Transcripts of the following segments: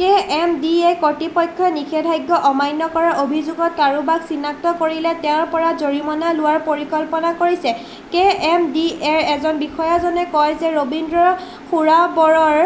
K. M. D. A. কৰ্তৃপক্ষই নিষেধাজ্ঞ অমান্য কৰাৰ অভিযোগত কাৰোবাক চিনাক্ত কৰিলে তেওঁৰ পৰা জৰিমনা লোৱাৰ পৰিকল্পনা কৰিছে। কে. এম. ডি. এ. ৰ এজন বিষয়াজনে কয় যে ৰবীন্দ্ৰ সুৰাবৰৰ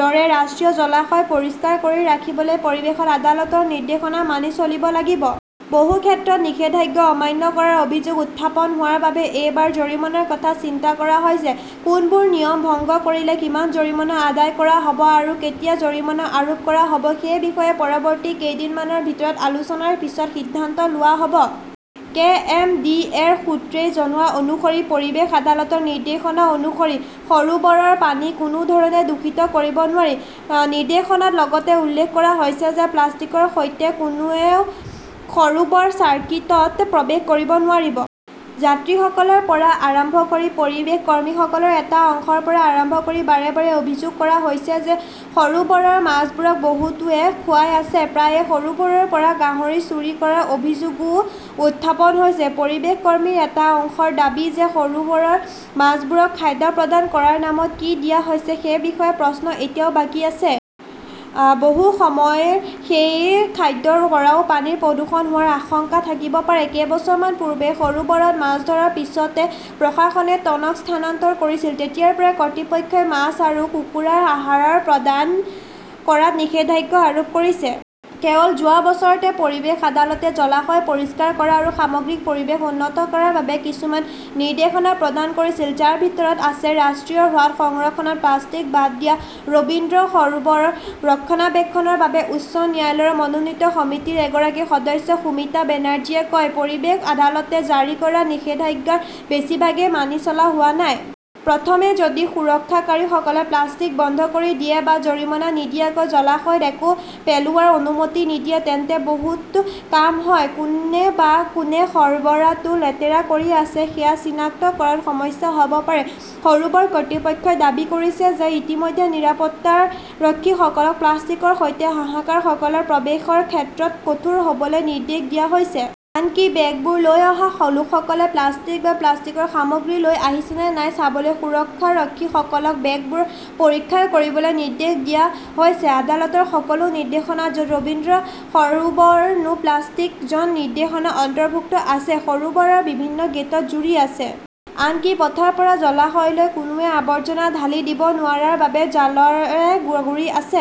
দৰে ৰাষ্ট্ৰীয় জলাশয় পৰিষ্কাৰ কৰি ৰাখিবলৈ পৰিৱেশত আদালতৰ নিৰ্দেশনা মানি চলিব লাগিব। বহু ক্ষেত্ৰত নিষেধাজ্ঞ অমান্য কৰাৰ অভিযোগ উত্থাপন হোৱাৰ বাবে এইবাৰ জৰিমনাৰ কথা চিন্তা কৰা হৈছে। কোনবোৰ নিয়ম ভংগ কৰিলে কিমান জৰিমনা আদায় কৰা হ'ব আৰু কেতিয়া জৰিমনা আৰোপ কৰা হ'ব সেই বিষয়ে পৰৱৰ্তী কেইদিনমানৰ ভিতৰত আলোচনাৰ পিছত সিদ্ধান্ত লোৱা হ'ব। কে. এম. ডি. এ. ৰ সূত্ৰই জনোৱা অনুসৰি পৰিৱেশ আদালতৰ নিৰ্দেশনা অনুসৰি সৰোবৰৰ পানী কোনো ধৰণে দূষিত কৰিব নোৱাৰি। নিৰ্দেশনাত লগতে উল্লেখ কৰা হৈছে যে প্লাষ্টিকৰ সৈতে কোনেও সৰোবৰ চাৰ্কিটত প্ৰৱেশ কৰিব নোৱাৰিব। যাত্ৰীসকলৰ পৰা আৰম্ভ কৰি পৰিৱেশ কৰ্মীসকলৰ এটা অংশৰ পৰা আৰম্ভ কৰি বাৰে বাৰে অভিযোগ কৰা হৈছে যে সৰোবৰৰ মাছবোৰক বহুতোৱে খুৱাই আছে। প্ৰায়ে সৰোবৰৰ পৰা গাহৰি চুৰি কৰাৰ অভিযোগও উত্থাপন হৈছে। পৰিৱেশ কৰ্মীৰ এটা অংশৰ দাবী যে সৰোবৰৰ মাছবোৰক খাদ্য প্ৰদান কৰাৰ নামত কি দিয়া হৈছে সেই বিষয়ে প্ৰশ্ন এতিয়াও বাকী আছে। বহু সময়ত সেই খাদ্যৰ পৰাও পানীৰ প্ৰদূষণ হোৱাৰ আশংকা থাকিব পাৰে। কেইবছৰমান পূৰ্বে সৰোবৰত মাছ ধৰাৰ পিছতে প্ৰশাসনে টনক স্থানান্তৰ কৰিছিল। তেতিয়াৰ পৰা কৰ্তৃপক্ষই মাছ আৰু কুকুৰাৰ আহাৰ প্ৰদান কৰাত নিষেধাজ্ঞ আৰোপ কৰিছে। কেৱল যোৱা বছৰতে পৰিৱেশ আদালতে জলাশয় পৰিষ্কাৰ কৰা আৰু সামগ্ৰিক পৰিৱেশ উন্নত কৰাৰ বাবে কিছুমান নিৰ্দেশনা প্ৰদান কৰিছিল, যাৰ ভিতৰত আছে ৰাষ্ট্ৰীয় হ্ৰদ সংৰক্ষণত প্লাষ্টিক বাদ দিয়া। ৰবীন্দ্ৰ সৰোবৰ ৰক্ষণাবেক্ষণৰ বাবে উচ্চ ন্যায়ালয়ৰ মনোনীত সমিতিৰ এগৰাকী সদস্য সুমিতা বেনাৰ্জীয়ে কয়, পৰিৱেশ আদালতে জাৰি কৰা নিষেধাজ্ঞাৰ বেছিভাগই মানি চলা হোৱা নাই। প্ৰথমে যদি সুৰক্ষকাৰীসকলে প্লাষ্টিক বন্ধ কৰি দিয়ে বা জৰিমনা নিদিয়াকৈ জলাশয়ত একো পেলোৱাৰ অনুমতি নিদিয়ে, তেন্তে বহুত কাম হয়। কোনে বা কোনে সৰোবৰটো লেতেৰা কৰি আছে সেয়া চিনাক্ত কৰাত সমস্যা হ'ব পাৰে। সৰুবৰ কৰ্তৃপক্ষই দাবী কৰিছে যে ইতিমধ্যে নিৰাপত্তাৰক্ষীসকলক প্লাষ্টিকৰ সৈতে হাকাৰসকলৰ প্ৰৱেশৰ ক্ষেত্ৰত কঠোৰ হ'বলৈ নিৰ্দেশ দিয়া হৈছে। আনকি বেগবোৰ লৈ অহা লোকসকলে প্লাষ্টিক বা প্লাষ্টিকৰ সামগ্ৰী লৈ আহিছে নে নাই চাবলৈ সুৰক্ষাৰক্ষীসকলক বেগবোৰ পৰীক্ষা কৰিবলৈ নিৰ্দেশ দিয়া হৈছে। আদালতৰ সকলো নিৰ্দেশনা, য'ত ৰবীন্দ্ৰ সৰোবৰ নো প্লাষ্টিক জন নিৰ্দেশনা অন্তৰ্ভুক্ত আছে, সৰোবৰৰ বিভিন্ন গেটত ঝুৰি আছে। আনকি পথৰ পৰা জলাশয়লৈ কোনোৱে আৱৰ্জনা ঢালি দিব নোৱাৰাৰ বাবে জালৰে আগুৰি আছে।